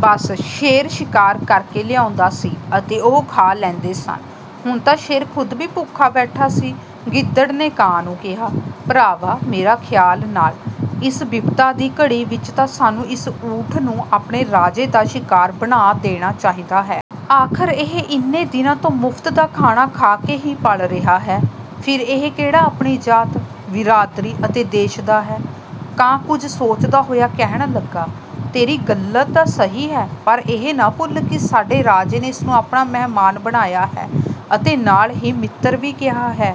ਬੱਸ ਸ਼ੇਰ ਸ਼ਿਕਾਰ ਕਰ ਕੇ ਲਿਆਉਂਦਾ ਸੀ ਅਤੇ ਉਹ ਖਾ ਲੈਂਦੇ ਸਨ। ਹੁਣ ਤਾਂ ਸ਼ੇਰ ਖ਼ੁਦ ਵੀ ਭੁੱਖਾ ਬੈਠਾ ਸੀ। ਗਿੱਦੜ ਨੇ ਕਾਂ ਨੂੰ ਕਿਹਾ, ''ਭਰਾਵਾ, ਮੇਰਾ ਖਿਆਲ ਨਾਲ ਇਸ ਬਿਪਤਾ ਦੀ ਘੜੀ ਵਿੱਚ ਤਾਂ ਸਾਨੂੰ ਇਸ ਊਠ ਨੂੰ ਆਪਣੇ ਰਾਜੇ ਦਾ ਸ਼ਿਕਾਰ ਬਣਾ ਦੇਣਾ ਚਾਹੀਦਾ ਹੈ। ਆਖ਼ਰ ਇਹ ਇੰਨੇ ਦਿਨਾਂ ਤੋਂ ਮੁਫ਼ਤ ਦਾ ਖਾਣਾ ਖਾ ਕੇ ਹੀ ਪਲ ਰਿਹਾ ਹੈ। ਫਿਰ ਇਹ ਕਿਹੜਾ ਆਪਣੀ ਜਾਤ, ਬਿਰਾਦਰੀ ਅਤੇ ਦੇਸ਼ ਦਾ ਹੈ।'' ਕਾਂ ਕੁਝ ਸੋਚਦਾ ਹੋਇਆ ਕਹਿਣ ਲੱਗਾ, ''ਤੇਰੀ ਗੱਲ ਤਾਂ ਸਹੀ ਹੈ, ਪਰ ਇਹ ਨਾ ਭੁੱਲ ਕਿ ਸਾਡੇ ਰਾਜੇ ਨੇ ਇਸ ਨੂੰ ਆਪਣਾ ਮਹਿਮਾਨ ਬਣਾਇਆ ਹੈ ਅਤੇ ਨਾਲ ਹੀ ਮਿੱਤਰ ਵੀ ਕਿਹਾ ਹੈ।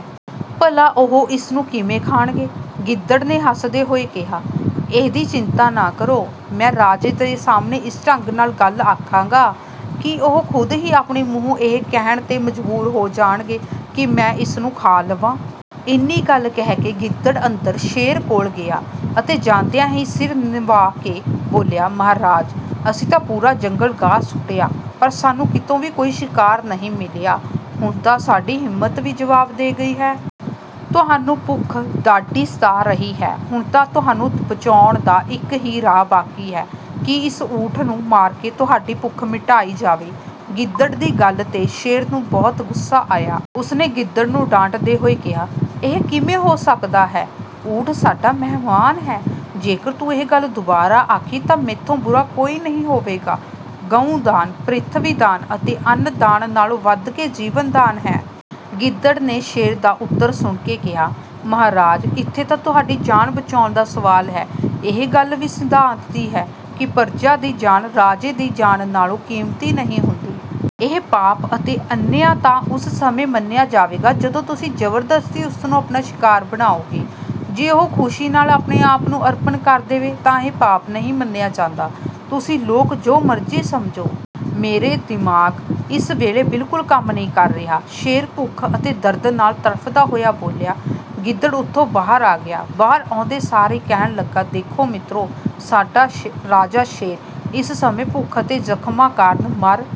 ਭਲਾ, ਉਹ ਇਸ ਨੂੰ ਕਿਵੇਂ ਖਾਣਗੇ?'' ਗਿੱਦੜ ਨੇ ਹੱਸਦੇ ਹੋਏ ਕਿਹਾ, ''ਇਹਦੀ ਚਿੰਤਾ ਨਾ ਕਰੋ। ਮੈਂ ਰਾਜੇ ਦੇ ਸਾਹਮਣੇ ਇਸ ਢੰਗ ਨਾਲ ਗੱਲ ਆਖਾਂਗਾ ਕਿ ਉਹ ਖ਼ੁਦ ਹੀ ਆਪਣੇ ਮੂੰਹੋਂ ਇਹ ਕਹਿਣ 'ਤੇ ਮਜਬੂਰ ਹੋ ਜਾਣਗੇ ਕਿ ਮੈਂ ਇਸ ਨੂੰ ਖਾ ਲਵਾਂ।'' ਇੰਨੀ ਗੱਲ ਕਹਿ ਕੇ ਗਿੱਦੜ ਅੰਦਰ ਸ਼ੇਰ ਕੋਲ ਗਿਆ ਅਤੇ ਜਾਂਦਿਆਂ ਹੀ ਸਿਰ ਨਿਵਾ ਕੇ ਬੋਲਿਆ, ''ਮਹਾਰਾਜ, ਅਸੀਂ ਤਾਂ ਪੂਰਾ ਜੰਗਲ ਗਾਹ ਸੁੱਟਿਆ, ਪਰ ਸਾਨੂੰ ਕਿਤੋਂ ਵੀ ਕੋਈ ਸ਼ਿਕਾਰ ਨਹੀਂ ਮਿਲਿਆ। ਹੁਣ ਤਾਂ ਸਾਡੀ ਹਿੰਮਤ ਵੀ ਜਵਾਬ ਦੇ ਗਈ ਹੈ। ਤੁਹਾਨੂੰ ਭੁੱਖ ਡਾਢੀ ਸਤਾ ਰਹੀ ਹੈ। ਹੁਣ ਤਾਂ ਤੁਹਾਨੂੰ ਬਚਾਉਣ ਦਾ ਇੱਕ ਹੀ ਰਾਹ ਬਾਕੀ ਹੈ ਕਿ ਇਸ ਊਠ ਨੂੰ ਮਾਰ ਕੇ ਤੁਹਾਡੀ ਭੁੱਖ ਮਿਟਾਈ ਜਾਵੇ।'' ਗਿੱਦੜ ਦੀ ਗੱਲ 'ਤੇ ਸ਼ੇਰ ਨੂੰ ਬਹੁਤ ਗੁੱਸਾ ਆਇਆ। ਉਸ ਨੇ ਗਿੱਦੜ ਨੂੰ ਡਾਂਟਦੇ ਹੋਏ ਕਿਹਾ, ''ਇਹ ਕਿਵੇਂ ਹੋ ਸਕਦਾ ਹੈ? ਊਠ ਸਾਡਾ ਮਹਿਮਾਨ ਹੈ। ਜੇਕਰ ਤੂੰ ਇਹ ਗੱਲ ਦੁਬਾਰਾ ਆਖੀ ਤਾਂ ਮੈਥੋਂ ਬੁਰਾ ਕੋਈ ਨਹੀਂ ਹੋਵੇਗਾ। ਗਊ ਦਾਨ, ਪ੍ਰਿਥਵੀ ਦਾਨ ਅਤੇ ਅੰਨ ਦਾਨ ਨਾਲੋਂ ਵਧ ਕੇ ਜੀਵਨ ਦਾਨ ਹੈ।'' ਗਿੱਦੜ ਨੇ ਸ਼ੇਰ ਦਾ ਉੱਤਰ ਸੁਣ ਕੇ ਕਿਹਾ, ''ਮਹਾਰਾਜ, ਇੱਥੇ ਤਾਂ ਤੁਹਾਡੀ ਜਾਨ ਬਚਾਉਣ ਦਾ ਸਵਾਲ ਹੈ। ਇਹ ਗੱਲ ਵੀ ਸਿਧਾਂਤ ਦੀ ਹੈ ਕਿ ਪਰਜਾ ਦੀ ਜਾਨ ਰਾਜੇ ਦੀ ਜਾਨ ਨਾਲੋਂ ਕੀਮਤੀ ਨਹੀਂ ਹੁੰਦੀ। ਇਹ ਪਾਪ ਅਤੇ ਅਨਿਆਂ ਤਾਂ ਉਸ ਸਮੇਂ ਮੰਨਿਆ ਜਾਵੇਗਾ ਜਦੋਂ ਤੁਸੀਂ ਜ਼ਬਰਦਸਤੀ ਉਸ ਨੂੰ ਆਪਣਾ ਸ਼ਿਕਾਰ ਬਣਾਓਗੇ। ਜੇ ਉਹ ਖੁਸ਼ੀ ਨਾਲ ਆਪਣੇ-ਆਪ ਨੂੰ ਅਰਪਣ ਕਰ ਦੇਵੇ ਤਾਂ ਇਹ ਪਾਪ ਨਹੀਂ ਮੰਨਿਆ ਜਾਂਦਾ।''''ਤੁਸੀਂ ਲੋਕ ਜੋ ਮਰਜ਼ੀ ਸਮਝੋ। ਮੇਰੇ ਦਿਮਾਗ ਇਸ ਵੇਲੇ ਬਿਲਕੁਲ ਕੰਮ ਨਹੀਂ ਕਰ ਰਿਹਾ।'' ਸ਼ੇਰ ਭੁੱਖ ਅਤੇ ਦਰਦ ਨਾਲ ਤੜਫ਼ਦਾ ਹੋਇਆ ਬੋਲਿਆ। ਗਿੱਦੜ ਉੱਥੋਂ ਬਾਹਰ ਆ ਗਿਆ। ਬਾਹਰ ਆਉਂਦੇ ਸਾਰ ਹੀ ਕਹਿਣ ਲੱਗਿਆ, ''ਦੇਖੋ ਮਿੱਤਰੋ, ਸਾਡਾ ਰਾਜਾ ਸ਼ੇਰ ਇਸ ਸਮੇਂ ਭੁੱਖ ਅਤੇ ਜ਼ਖ਼ਮਾਂ ਕਾਰਨ ਮਰ